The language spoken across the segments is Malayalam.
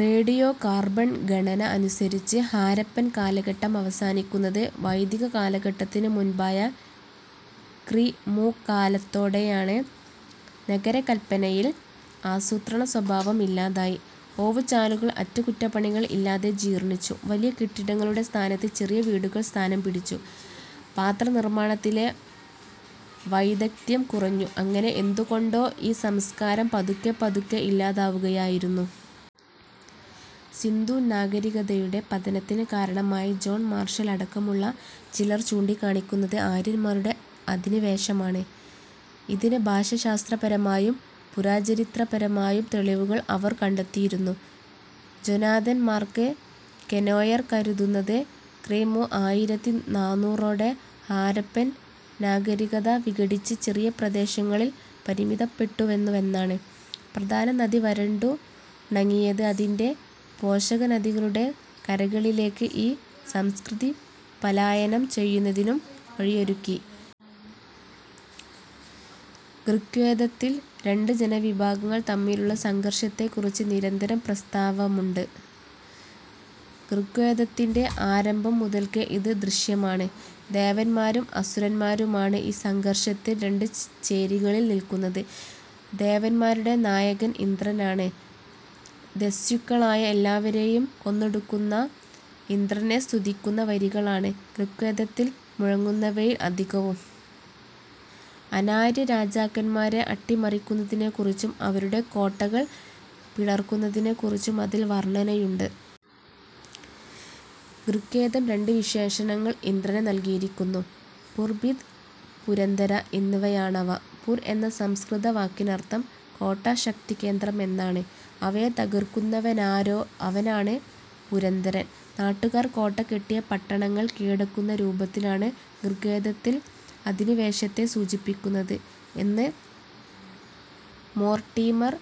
റേഡിയോ കാർബൺ ഗണന അനുസരിച്ച് ഹാരപ്പൻ കാലഘട്ടം അവസാനിക്കുന്നത് വൈദിക കാലഘട്ടത്തിനു മുൻപായ ക്രി. മു. കാലത്തോടെയാണ്. നഗരകല്പനയിൽ ആസൂത്രണസ്വഭാവം ഇല്ലാതായി. ഓവുചാലുകൾ അറ്റകുറ്റപ്പണികൾ ഇല്ലാതെ ജീർണ്ണിച്ചു. വലിയ കെട്ടിടങ്ങളുടെ സ്ഥാനത്ത് ചെറിയ വീടുകൾ സ്ഥാനം പിടിച്ചു. പാത്രനിർമ്മാണത്തിലെ വൈദഗ്ദ്ധ്യം കുറഞ്ഞു. അങ്ങനെ എന്തുകൊണ്ടോ ഈ സംസ്കാരം പതുക്കെപ്പതുക്കെ ഇല്ലാതാവുകയായിരുന്നു. സിന്ധു നാഗരികതയുടെ പതനത്തിന് കാരണമായി ജോൺ മാർഷൽ അടക്കമുള്ള ചിലർ ചൂണ്ടിക്കാണിക്കുന്നത് ആര്യന്മാരുടെ അധിനിവേശമാണ്. ഇതിന് ഭാഷാശാസ്ത്രപരമായും പുരാചരിത്രപരമായും തെളിവുകൾ അവർ കണ്ടെത്തിയിരുന്നു. ജൊനാതൻ മാർക്ക് കെനോയർ കരുതുന്നത് ക്രി. മു. ആയിരത്തി നാനൂറോടെ ഹാരപ്പൻ നാഗരികത വിഘടിച്ച് ചെറിയ പ്രദേശങ്ങളിൽ പരിമിതപ്പെട്ടുവന്നു എന്നാണ്. പ്രധാന നദി വരണ്ടുണങ്ങിയത് അതിൻ്റെ പോഷകനദികളുടെ കരകളിലേക്ക് ഈ സംസ്കൃതി പലായനം ചെയ്യുന്നതിനും വഴിയൊരുക്കി. ഋഗ്വേദത്തിൽ രണ്ട് ജനവിഭാഗങ്ങൾ തമ്മിലുള്ള സംഘർഷത്തെക്കുറിച്ച് നിരന്തരം പ്രസ്താവമുണ്ട്. ഋഗ്വേദത്തിൻ്റെ ആരംഭം മുതൽക്കേ ഇത് ദൃശ്യമാണ്. ദേവന്മാരും അസുരന്മാരുമാണ് ഈ സംഘർഷത്തിൽ രണ്ട് ചേരികളിൽ നിൽക്കുന്നത്. ദേവന്മാരുടെ നായകൻ ഇന്ദ്രനാണ്. ദസ്യുക്കളായ എല്ലാവരേയും കൊന്നൊടുക്കുന്ന ഇന്ദ്രനെ സ്തുതിക്കുന്ന വരികളാണ് ഋഗ്വേദത്തിൽ മുഴങ്ങുന്നവയിൽ അധികവും. അനാര്യരാജാക്കന്മാരെ അട്ടിമറിക്കുന്നതിനെക്കുറിച്ചും അവരുടെ കോട്ടകൾ പിളർക്കുന്നതിനെക്കുറിച്ചും അതിൽ വർണ്ണനയുണ്ട്. ഋഗ്വേദം രണ്ട് വിശേഷണങ്ങൾ ഇന്ദ്രന് നൽകിയിരിക്കുന്നു, പുർഭിദ്, പുരന്ദര എന്നിവയാണവ. പുര് എന്ന സംസ്കൃത വാക്കിനർത്ഥം കോട്ട, ശക്തികേന്ദ്രം എന്നാണ്. അവയെ തകർക്കുന്നവനാരോ അവനാണ് പുരന്ദരൻ. നാട്ടുകാർ കോട്ട കെട്ടിയ പട്ടണങ്ങൾ കീഴടക്കുന്ന രൂപത്തിലാണ് ഋഗ്വേദത്തിൽ അധിനിവേശത്തെ സൂചിപ്പിക്കുന്നത് എന്ന് മോർട്ടീമർ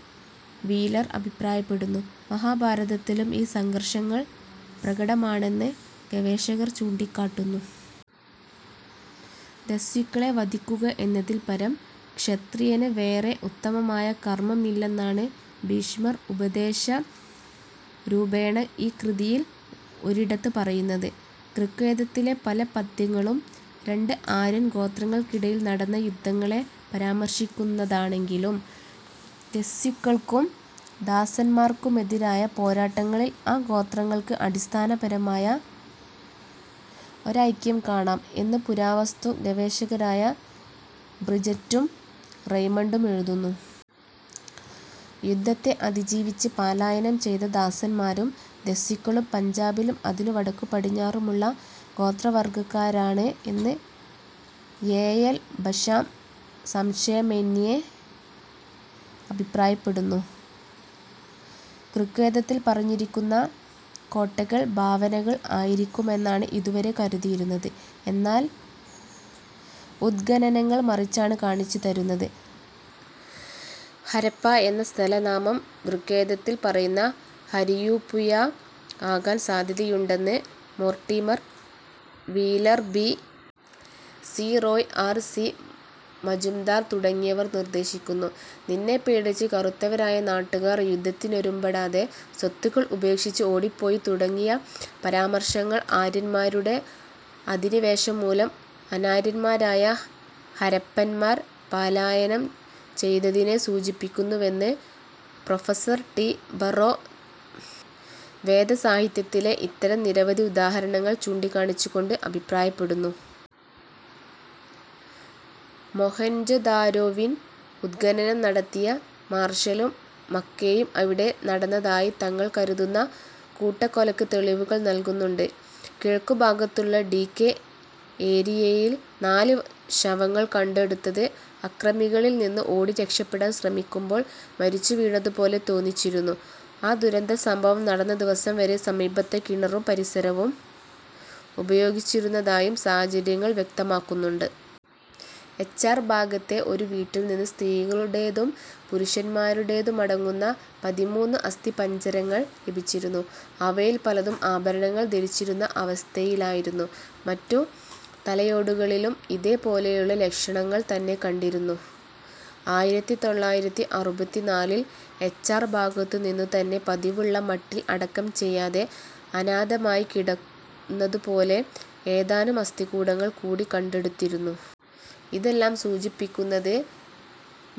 വീലർ അഭിപ്രായപ്പെടുന്നു. മഹാഭാരതത്തിലും ഈ സംഘർഷങ്ങൾ പ്രകടമാണെന്ന് ഗവേഷകർ ചൂണ്ടിക്കാട്ടുന്നു. ദസ്യുക്കളെ വധിക്കുക എന്നതിൽപരം ക്ഷത്രിയന് വേറെ ഉത്തമമായ കർമ്മമില്ലെന്നാണ് ഭീഷ്മർ ഉപദേശരൂപേണ ഈ കൃതിയിൽ ഒരിടത്ത് പറയുന്നത്. ഋഗ്വേദത്തിലെ പല പദ്യങ്ങളും രണ്ട് ആര്യൻ ഗോത്രങ്ങൾക്കിടയിൽ നടന്ന യുദ്ധങ്ങളെ പരാമർശിക്കുന്നതാണെങ്കിലും ദസ്യുക്കൾക്കും ദാസന്മാർക്കുമെതിരായ പോരാട്ടങ്ങളിൽ ആ ഗോത്രങ്ങൾക്ക് അടിസ്ഥാനപരമായ ഒരൈക്യം കാണാം എന്ന് പുരാവസ്തു ഗവേഷകരായ ബ്രിജറ്റും റെയ്മണ്ടും എഴുതുന്നു. യുദ്ധത്തെ അതിജീവിച്ച് പാലായനം ചെയ്ത ദാസന്മാരും ദസ്യുക്കളും പഞ്ചാബിലും അതിനു വടക്കുപടിഞ്ഞാറുമുള്ള ഗോത്രവർഗ്ഗക്കാരാണ് എന്ന് എ. എൽ. ബഷാം സംശയമെന്യേ അഭിപ്രായപ്പെടുന്നു. ഋഗ്വേദത്തിൽ പറഞ്ഞിരിക്കുന്ന കോട്ടകൾ ഭാവനകൾ ആയിരിക്കുമെന്നാണ് ഇതുവരെ കരുതിയിരുന്നത്. എന്നാൽ ഉത്ഖനനങ്ങൾ മറിച്ചാണ് കാണിച്ചുതരുന്നത്. ഹരപ്പാ എന്ന സ്ഥലനാമം ഋഗ്വേദത്തിൽ പറയുന്ന ഹരിയൂപുയാ ആകാൻ സാധ്യതയുണ്ടെന്ന് Mortimer Wheeler, B. C. Roy, R. C. Majumdar തുടങ്ങിയവർ നിർദ്ദേശിക്കുന്നു. നിന്നെപ്പേടിച്ച് കറുത്തവരായ നാട്ടുകാർ യുദ്ധത്തിനൊരുമ്പെടാതെ സ്വത്തുക്കൾ ഉപേക്ഷിച്ച് ഓടിപ്പോയി തുടങ്ങിയ പരാമർശങ്ങൾ ആര്യന്മാരുടെ അധിനിവേശം മൂലം അനാര്യന്മാരായ ഹരപ്പന്മാർ പാലായനം ചെയ്തതിനെ സൂചിപ്പിക്കുന്നുവെന്ന് പ്രൊഫസ്സർ ടി. ബറോ വേദസാഹിത്യത്തിലെ ഇത്തരം നിരവധി ഉദാഹരണങ്ങൾ ചൂണ്ടിക്കാണിച്ചുകൊണ്ട് അഭിപ്രായപ്പെടുന്നു. മൊഹൻജൊദാരോവിൽ ഉത്ഖനനം നടത്തിയ മാർഷലും മക്കേയും അവിടെ നടന്നതായി തങ്ങൾ കരുതുന്ന കൂട്ടക്കൊലയ്ക്ക് തെളിവുകൾ നൽകുന്നുണ്ട്. കിഴക്കുഭാഗത്തുള്ള ഡി കെ ഏരിയയിൽ നാല് ശവങ്ങൾ കണ്ടെടുത്തത് അക്രമികളിൽ നിന്ന് ഓടി രക്ഷപ്പെടാൻ ശ്രമിക്കുമ്പോൾ മരിച്ചുവീണതുപോലെ തോന്നിച്ചിരുന്നു. ആ ദുരന്തസംഭവം നടന്ന ദിവസം വരെ സമീപത്തെ കിണറും പരിസരവും ഉപയോഗിച്ചിരുന്നതായും സാഹചര്യങ്ങൾ വ്യക്തമാക്കുന്നുണ്ട്. എച്ച്.ആർ ഭാഗത്തെ ഒരു വീട്ടിൽ നിന്ന് സ്ത്രീകളുടേതും പുരുഷന്മാരുടേതുമടങ്ങുന്ന പതിമൂന്ന് അസ്ഥിപഞ്ജരങ്ങൾ ലഭിച്ചിരുന്നു. അവയിൽ പലതും ആഭരണങ്ങൾ ധരിച്ചിരുന്ന അവസ്ഥയിലായിരുന്നു. മറ്റു തലയോടുകളിലും ഇതേ പോലെയുള്ള ലക്ഷണങ്ങൾ തന്നെ കണ്ടിരുന്നു. ആയിരത്തി തൊള്ളായിരത്തി അറുപത്തിനാലിൽ എച്ച് ആർ ഭാഗത്തുനിന്നുതന്നെ പതിവുള്ള മട്ടിൽ അടക്കം ചെയ്യാതെ അനാഥമായി കിടന്നതുപോലെ ഏതാനും അസ്ഥികൂടങ്ങൾ കൂടി കണ്ടെടുത്തിരുന്നു. ഇതെല്ലാം സൂചിപ്പിക്കുന്നത്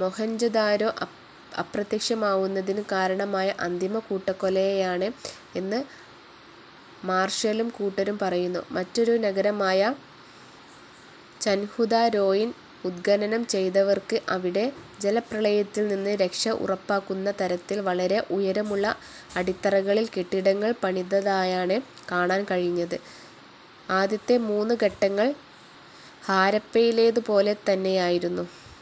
മോഹെൻജൊദാരോ അപ്രത്യക്ഷമാവുന്നതിന് കാരണമായ അന്തിമ കൂട്ടക്കൊലയെയാണ് എന്ന് മാർഷലും കൂട്ടരും പറയുന്നു. മറ്റൊരു നഗരമായ ചൻഹുദാരോയിൽ ഉത്ഖനനം ചെയ്തവർക്ക് അവിടെ ജലപ്രളയത്തിൽ നിന്ന് രക്ഷ ഉറപ്പാക്കുന്ന തരത്തിൽ വളരെ ഉയരമുള്ള അടിത്തറകളിൽ കെട്ടിടങ്ങൾ പണിതതായാണ് കാണാൻ കഴിഞ്ഞത്. ആദ്യത്തെ മൂന്ന് ഘട്ടങ്ങൾ ഹാരപ്പയിലേതുപോലെത്തന്നെയായിരുന്നു.